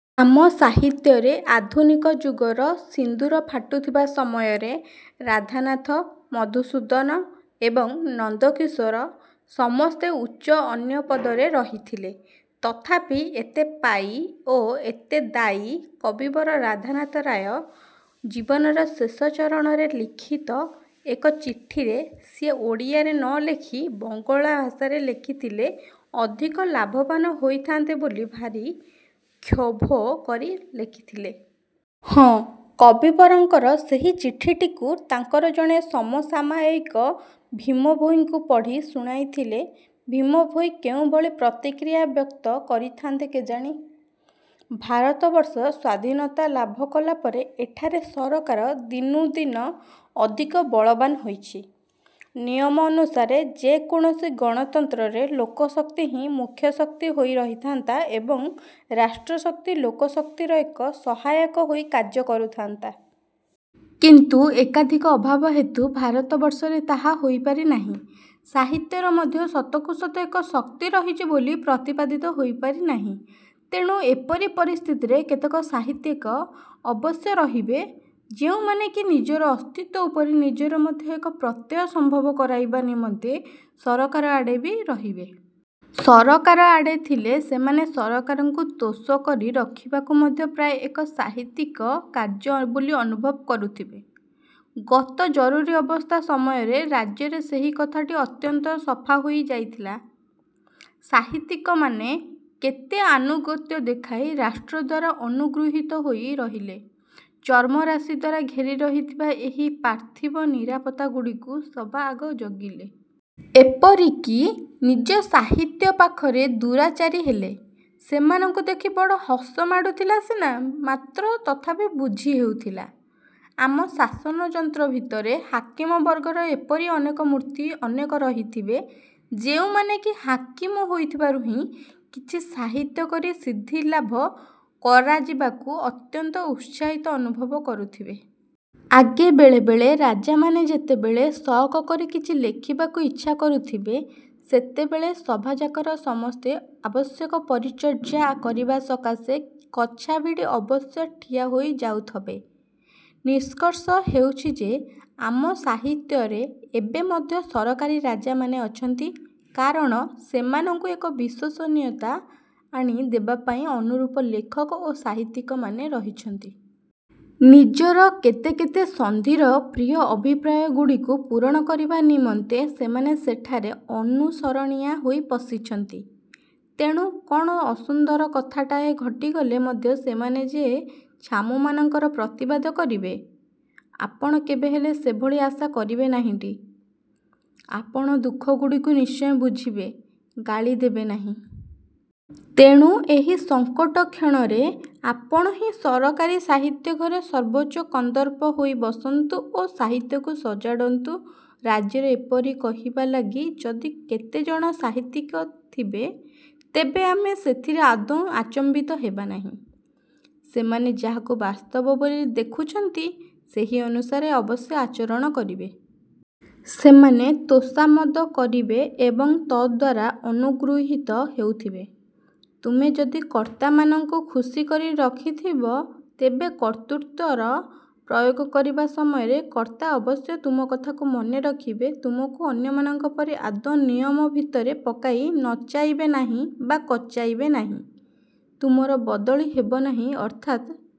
ଆମ ସାହିତ୍ୟରେ ଆଧୁନିକ ଯୁଗର ସିନ୍ଦୂର ଫାଟୁଥିବା ସମୟରେ ରାଧାନାଥ, ମଧୁସୂଦନ ଏବଂ ନନ୍ଦକିଶୋର ସମସ୍ତେ ଉଚ୍ଚ ଅନ୍ୟ ପଦରେ ରହିଥିଲେ। ତଥାପି ଏତେ ପାଇ ଓ ଏତେ ଦାଇ କବିବର ରାଧାନାଥ ରାୟ ଜୀବନର ଶେଷ ଚରଣରେ ଲିଖିତ ଏକ ଚିଠିରେ ସିଏ ଓଡ଼ିଆରେ ନଲେଖି ବଙ୍ଗଳା ଭାଷାରେ ଲେଖିଥଲେ ଅଧିକ ଲାଭବାନ ହୋଇଥାଆନ୍ତେ ବୋଲି ଭାରି କ୍ଷୋଭ କରି ଲେଖିଥିଲେ। ହଁ, କବିବରଙ୍କର ସେହି ଚିଠିଟିକୁ ତାଙ୍କର ଜଣେ ସମସାମୟିକ ଭୀମଭୋଇଙ୍କୁ ପଢ଼ି ଶୁଣାଇଥିଲେ ଭୀମଭୋଇ କେଉଁଭଳି ପ୍ରତିକ୍ରିୟା ବ୍ୟକ୍ତ କରିଥାନ୍ତେ କେଜାଣି? ଭାରତବର୍ଷ ସ୍ଵାଧୀନତା ଲାଭ କଲାପରେ ଏଠାରେ ସରକାର ଦିନୁଦିନ ଅଧିକ ବଳବାନ୍ ହୋଇଛି। ନିୟମ ଅନୁସାରେ ଯେକୌଣସି ଗଣତନ୍ତ୍ରରେ ଲୋକଶକ୍ତି ହିଁ ମୁଖ୍ୟ ଶକ୍ତି ହୋଇ ରହିଥାନ୍ତା ଏବଂ ରାଷ୍ଟ୍ରଶକ୍ତି ଲୋକଶକ୍ତିର ଏକ ସହାୟକ ହୋଇ କାର୍ଯ୍ୟ କରୁଥାନ୍ତା। କିନ୍ତୁ ଏକାଧିକ ଅଭାବ ହେତୁ ଭାରତବର୍ଷରେ ତାହା ହୋଇପାରି ନାହିଁ। ସାହିତ୍ୟର ମଧ୍ୟ ସତକୁ ସତ ଏକ ଶକ୍ତି ରହିଛି ବୋଲି ପ୍ରତିପାଦିତ ହୋଇପାରି ନାହିଁ। ତେଣୁ ଏପରି ପରିସ୍ଥିତିରେ କେତେକ ସାହିତ୍ୟିକ ଅବଶ୍ୟ ରହିବେ, ଯେଉଁମାନେ କି ନିଜର ଅସ୍ତିତ୍ୱ ଉପରେ ନିଜର ମଧ୍ୟ ଏକ ପ୍ରତ୍ୟୟ ସମ୍ଭବ କରାଇବା ନିମନ୍ତେ ସରକାର ଆଡ଼େ ବି ରହିବେ। ସରକାର ଆଡ଼େ ଥିଲେ ସେମାନେ ସରକାରଙ୍କୁ ତୋଷ କରି ରଖିବାକୁ ମଧ୍ୟ ପ୍ରାୟ ଏକ ସାହିତ୍ୟିକ କାର୍ଯ୍ୟ ବୋଲି ଅନୁଭବ କରୁଥିବେ। ଗତ ଜରୁରୀ ଅବସ୍ଥା ସମୟରେ ରାଜ୍ୟରେ ସେହି କଥାଟି ଅତ୍ୟନ୍ତ ସଫାହୋଇ ଯାଇଥିଲା। ସାହିତ୍ୟିକମାନେ କେତେ ଆନୁଗତ୍ୟ ଦେଖାଇ ରାଷ୍ଟ୍ର ଦ୍ଵାରା ଅନୁଗୃହୀତ ହୋଇ ରହିଲେ, ଚର୍ମରାଶି ଦ୍ୱାରା ଘେରି ରହିଥିବା ଏହି ପାର୍ଥିବ ନିରାପତ୍ତାଗୁଡ଼ିକୁ ସବା ଆଗ ଜଗିଲେ। ଏପରିକି ନିଜ ସାହିତ୍ୟ ପାଖରେ ଦୁରାଚାରୀ ହେଲେ। ସେମାନଙ୍କୁ ଦେଖି ବଡ଼ ହସ ମାଡୁଥିଲା ସିନା ମାତ୍ର ତଥାପି ବୁଝି ହେଉଥିଲା। ଆମ ଶାସନଯନ୍ତ୍ର ଭିତରେ ହାକିମ ବର୍ଗର ଏପରି ଅନେକ ମୂର୍ତ୍ତି ଅନେକ ରହିଥିବେ ଯେଉଁମାନେ କି ହାକିମ ହୋଇଥିବାରୁ ହିଁ କିଛି ସାହିତ୍ୟ କରି ସିଦ୍ଧିଲାଭ କରାଯିବାକୁ ଅତ୍ୟନ୍ତ ଉତ୍ସାହିତ ଅନୁଭବ କରୁଥିବେ। ଆଗେ ବେଳେବେଳେ ରାଜାମାନେ ଯେତେବେଳେ ସଅକ କରି କିଛି ଲେଖିବାକୁ ଇଚ୍ଛା କରୁଥିବେ, ସେତେବେଳେ ସଭାଯାକର ସମସ୍ତେ ଆବଶ୍ୟକ ପରିଚର୍ଯ୍ୟା କରିବା ସକାଶେ କଛା ଭିଡ଼ି ଅବଶ୍ୟ ଠିଆ ହୋଇ ଯାଉଥବେ। ନିଷ୍କର୍ଷ ହେଉଛି ଯେ ଆମ ସାହିତ୍ୟରେ ଏବେ ମଧ୍ୟ ସରକାରୀ ରାଜାମାନେ ଅଛନ୍ତି, କାରଣ ସେମାନଙ୍କୁ ଏକ ବିଶ୍ୱସନୀୟତା ଆଣି ଦେବାପାଇଁ ଅନୁରୂପ ଲେଖକ ଓ ସାହିତ୍ୟିକମାନେ ରହିଛନ୍ତି। ନିଜର କେତେ କେତେ ସନ୍ଧିର ପ୍ରିୟ ଅଭିପ୍ରାୟଗୁଡ଼ିକୁ ପୂରଣ କରିବା ନିମନ୍ତେ ସେମାନେ ସେଠାରେ ଅନୁସରଣିଆ ହୋଇ ପଶିଛନ୍ତି। ତେଣୁ କଣ ଅସୁନ୍ଦର କଥାଟାଏ ଘଟିଗଲେ ମଧ୍ୟ ସେମାନେ ଯେ ଛାମୁମାନଙ୍କର ପ୍ରତିବାଦ କରିବେ, ଆପଣ କେବେହେଲେ ସେଭଳି ଆଶା କରିବେ ନାହିଁଟି। ଆପଣ ଦୁଃଖଗୁଡ଼ିକୁ ନିଶ୍ଚୟ ବୁଝିବେ, ଗାଳି ଦେବେନାହିଁ। ତେଣୁ ଏହି ସଂକଟକ୍ଷଣରେ ଆପଣ ହିଁ ସରକାରୀ ସାହିତ୍ୟ ଘରେ ସର୍ବୋଚ୍ଚ କନ୍ଦର୍ପ ହୋଇ ବସନ୍ତୁ ଓ ସାହିତ୍ୟକୁ ସଜାଡ଼ନ୍ତୁ, ରାଜ୍ୟରେ ଏପରି କହିବା ଲାଗି ଯଦି କେତେଜଣ ସାହିତ୍ୟିକ ଥିବେ, ତେବେ ଆମେ ସେଥିରେ ଆଦୌ ଆଚମ୍ବିତ ହେବାନାହିଁ। ସେମାନେ ଯାହାକୁ ବାସ୍ତବ ବୋଲି ଦେଖୁଛନ୍ତି, ସେହି ଅନୁସାରେ ଅବଶ୍ୟ ଆଚରଣ କରିବେ। ସେମାନେ ତୋଷାମଦ କରିବେ ଏବଂ ତଦ୍ଦ୍ୱାରା ଅନୁଗୃହୀତ ହେଉଥିବେ। ତୁମେ ଯଦି କର୍ତ୍ତାମାନଙ୍କୁ ଖୁସି କରି ରଖିଥିବ ତେବେ କର୍ତ୍ତୃତ୍ୱର ପ୍ରୟୋଗ କରିବା ସମୟରେ କର୍ତ୍ତା ଅବଶ୍ୟ ତୁମ କଥାକୁ ମନେରଖିବେ, ତୁମକୁ ଅନ୍ୟମାନଙ୍କ ପରି ଆଦୌ ନିୟମ ଭିତରେ ପକାଇ ନଚାଇବେ ନାହିଁ ବା କଚାଇବେ ନାହିଁ। ତୁମର ବଦଳି ହେବନାହିଁ ଅର୍ଥାତ୍